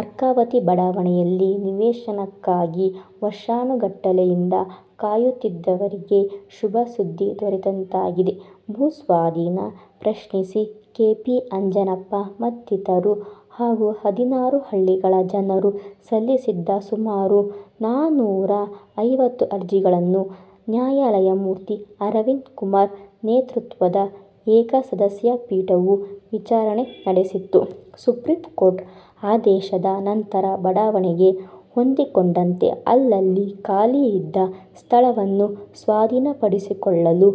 ಅರ್ಕಾವತಿ ಬಡಾವಣೆಯಲ್ಲಿ ನಿವೇಶನಕ್ಕಾಗಿ ವರ್ಷಾನುಗಟ್ಟಲೆಯಿಂದ ಕಾಯುತ್ತಿದ್ದವರಿಗೆ ಶುಭ ಸುದ್ದಿ ದೊರೆತಂತಾಗಿದೆ. ಭೂಸ್ವಾಧೀನ ಪ್ರಶ್ನಿಸಿ ಕೆ ಪಿ ಅಂಜನಪ್ಪ ಮತ್ತಿತರರು ಹಾಗೂ ಹದಿನಾರು ಹಳ್ಳಿಗಳ ಜನರು ಸಲ್ಲಿಸಿದ್ದ ಸುಮಾರು ನಾನೂರಾ ಐವತ್ತು ಅರ್ಜಿಗಳನ್ನು ನ್ಯಾಯಮೂರ್ತಿ ಅರವಿಂದ್ ಕುಮಾರ್ ನೇತೃತ್ವದ ಏಕಸದಸ್ಯ ಪೀಠವು ವಿಚಾರಣೆ ನಡೆಸಿತ್ತು. ಸುಪ್ರೀಂಕೋರ್ಟ್ ಆದೇಶದ ನಂತರ ಬಡಾವಣೆಗೆ ಹೊಂದಿಕೊಂಡಂತೆ ಅಲ್ಲಲ್ಲಿ ಖಾಲಿ ಇದ್ದ ಸ್ಥಳವನ್ನು ಸ್ವಾಧೀನಪಡಿಸಿಕೊಳ್ಳಲು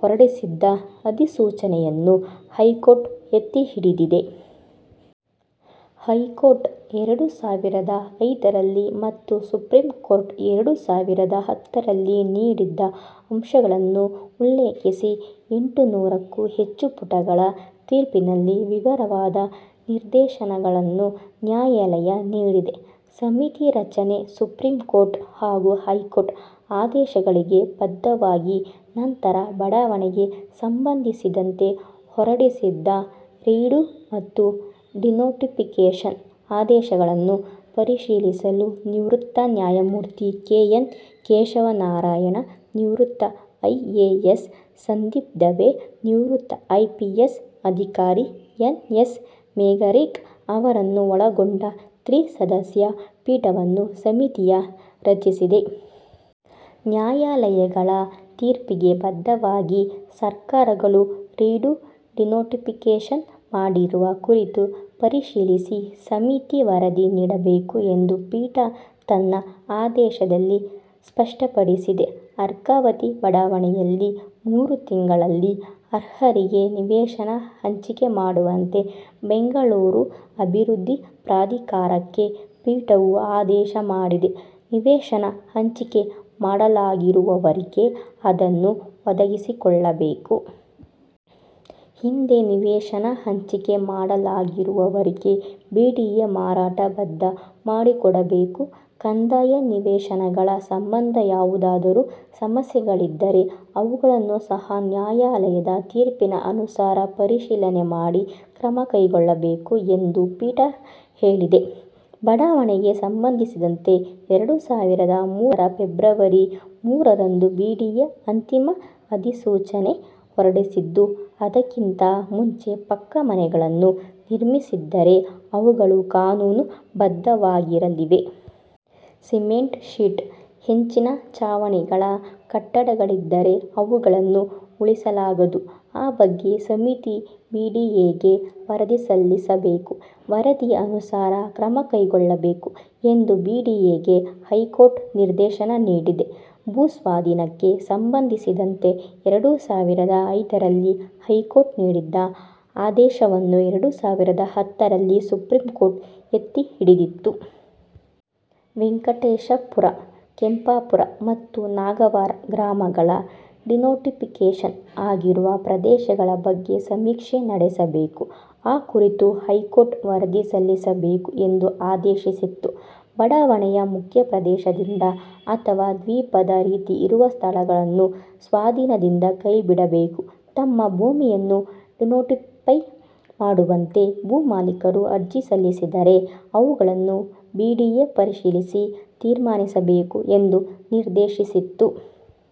ಹೊರಡಿಸಿದ್ದ ಅಧಿಸೂಚನೆಯನ್ನು ಹೈಕೋರ್ಟ್ ಎತ್ತಿಹಿಡಿದಿದೆ. ಹೈಕೋರ್ಟ್ ಎರಡು ಸಾವಿರದ ಐದರಲ್ಲಿ ಮತ್ತು ಸುಪ್ರೀಂಕೋರ್ಟ್ ಎರಡು ಸಾವಿರದ ಹತ್ತರಲ್ಲಿ ನೀಡಿದ್ದ ಅಂಶಗಳನ್ನು ಉಲ್ಲೇಖಿಸಿ ಎಂಟುನೂರಕ್ಕೂ ಹೆಚ್ಚು ಪುಟಗಳ ತೀರ್ಪಿನಲ್ಲಿ ವಿವರವಾದ ನಿರ್ದೇಶನಗಳನ್ನು ನ್ಯಾಯಾಲಯ ನೀಡಿದೆ. ಸಮಿತಿ ರಚನೆ ಸುಪ್ರೀಂ ಕೋರ್ಟ್ ಹಾಗೂ ಹೈಕೋರ್ಟ್ ಆದೇಶಗಳಿಗೆ ಬದ್ಧವಾಗಿ ನಂತರ ಬಡಾವಣೆಗೆ ಸಂಬಂಧಿಸಿದಂತೆ ಹೊರಡಿಸಿದ್ದ ರಿಡೂ ಮತ್ತು ಡಿನೋಟಿಫಿಕೇಷನ್ ಆದೇಶಗಳನ್ನು ಪರಿಶೀಲಿಸಲು ನಿವೃತ್ತ ನ್ಯಾಯಮೂರ್ತಿ ಕೆ ಎನ್ ಕೇಶವನಾರಾಯಣ, ನಿವೃತ್ತ ಐಎಎಸ್ ಸಂದೀಪ್ ದವೆ, ನಿವೃತ್ತ ಐಪಿಎಸ್ ಅಧಿಕಾರಿ ಎನ್ ಎಸ್ ಮೇಘರಿಕ್ ಅವರನ್ನು ಒಳಗೊಂಡ ತ್ರಿಸದಸ್ಯ ಪೀಠವನ್ನು ಸಮಿತಿಯ ರಚಿಸಿದೆ. ನ್ಯಾಯಾಲಯಗಳ ತೀರ್ಪಿಗೆ ಬದ್ದವಾಗಿ ಸರ್ಕಾರಗಳು ರಿಡೂ, ಡಿನೋಟಿಫಿಕೇಷನ್ ಮಾಡಿರುವ ಕುರಿತು ಪರಿಶೀಲಿಸಿ ಸಮಿತಿ ವರದಿ ನೀಡಬೇಕು ಎಂದು ಪೀಠ ತನ್ನ ಆದೇಶದಲ್ಲಿ ಸ್ಪಷ್ಟಪಡಿಸಿದೆ. ಅರ್ಕಾವತಿ ಬಡಾವಣೆಯಲ್ಲಿ ಮೂರು ತಿಂಗಳಲ್ಲಿ ಅರ್ಹರಿಗೆ ನಿವೇಶನ ಹಂಚಿಕೆ ಮಾಡುವಂತೆ ಬೆಂಗಳೂರು ಅಭಿವೃದ್ಧಿ ಪ್ರಾಧಿಕಾರಕ್ಕೆ ಪೀಠವು ಆದೇಶ ಮಾಡಿದೆ. ನಿವೇಶನ ಹಂಚಿಕೆ ಮಾಡಲಾಗಿರುವವರಿಗೆ ಅದನ್ನು ಒದಗಿಸಿಕೊಡಬೇಕು. ಹಿಂದೆ ನಿವೇಶನ ಹಂಚಿಕೆ ಮಾಡಲಾಗಿರುವವರಿಗೆ ಬಿಡಿಎ ಮಾರಾಟ ಒಪ್ಪಂದ ಮಾಡಿಕೊಡಬೇಕು. ಕಂದಾಯ ನಿವೇಶನಗಳ ಸಂಬಂಧ ಯಾವುದಾದರೂ ಸಮಸ್ಯೆಗಳಿದ್ದರೆ ಅವುಗಳನ್ನೂ ಸಹ ನ್ಯಾಯಾಲಯದ ತೀರ್ಪಿನ ಅನುಸಾರ ಪರಿಶೀಲನೆ ಮಾಡಿ ಕ್ರಮ ಕೈಗೊಳ್ಳಬೇಕು ಎಂದು ಪೀಠ ಹೇಳಿದೆ. ಬಡಾವಣೆಗೆ ಸಂಬಂಧಿಸಿದಂತೆ ಎರಡು ಸಾವಿರದ ಮೂರರ ಫೆಬ್ರುವರಿ ಮೂರರಂದು ಬಿಡಿಎ ಅಂತಿಮ ಅಧಿಸೂಚನೆ ಹೊರಡಿಸಿದ್ದು, ಅದಕ್ಕಿಂತ ಮುಂಚೆ ಪಕ್ಕಾ ಮನೆಗಳನ್ನು ನಿರ್ಮಿಸಿದ್ದರೆ ಅವುಗಳು ಕಾನೂನು ಬದ್ಧವಾಗಿರಲಿವೆ. ಸಿಮೆಂಟ್ ಶೀಟ್, ಹೆಂಚಿನ ಚಾವಣಿಗಳ ಕಟ್ಟಡಗಳಿದ್ದರೆ ಅವುಗಳನ್ನು ಉಳಿಸಲಾಗದು. ಆ ಬಗ್ಗೆ ಸಮಿತಿ ಬಿಡಿಎಗೆ ವರದಿ ಸಲ್ಲಿಸಬೇಕು. ವರದಿಯ ಅನುಸಾರ ಕ್ರಮ ಕೈಗೊಳ್ಳಬೇಕು ಎಂದು ಬಿಡಿಎಗೆ ಹೈಕೋರ್ಟ್ ನಿರ್ದೇಶನ ನೀಡಿದೆ. ಭೂಸ್ವಾಧೀನಕ್ಕೆ ಸಂಬಂಧಿಸಿದಂತೆ ಎರಡು ಸಾವಿರದ ಐದರಲ್ಲಿ ಹೈಕೋರ್ಟ್ ನೀಡಿದ್ದ ಆದೇಶವನ್ನು ಎರಡು ಸಾವಿರದ ಹತ್ತರಲ್ಲಿ ಸುಪ್ರೀಂಕೋರ್ಟ್ ಎತ್ತಿ ಹಿಡಿದಿತ್ತು. ವೆಂಕಟೇಶಪುರ, ಕೆಂಪಾಪುರ ಮತ್ತು ನಾಗಾವಾರ ಗ್ರಾಮಗಳ ಡಿನೋಟಿಫಿಕೇಷನ್ ಆಗಿರುವ ಪ್ರದೇಶಗಳ ಬಗ್ಗೆ ಸಮೀಕ್ಷೆ ನಡೆಸಬೇಕು. ಆ ಕುರಿತು ಹೈಕೋರ್ಟ್ಗೆ ವರದಿ ಸಲ್ಲಿಸಬೇಕು ಎಂದು ಆದೇಶಿಸಿತ್ತು. ಬಡಾವಣೆಯ ಮುಖ್ಯ ಪ್ರದೇಶದಿಂದ ಅಥವಾ ದ್ವೀಪದ ರೀತಿ ಇರುವ ಸ್ಥಳಗಳನ್ನು ಸ್ವಾಧೀನದಿಂದ ಕೈ ಬಿಡಬೇಕು. ತಮ್ಮ ಭೂಮಿಯನ್ನೂ ಡಿನೋಟಿಫೈ ಮಾಡುವಂತೆ ಭೂ ಮಾಲೀಕರು ಅರ್ಜಿ ಸಲ್ಲಿಸಿದರೆ ಅವುಗಳನ್ನು ಬಿಡಿಎ ಪರಿಶೀಲಿಸಿ ತೀರ್ಮಾನಿಸಬೇಕು ಎಂದು ನಿರ್ದೇಶಿಸಿತ್ತು.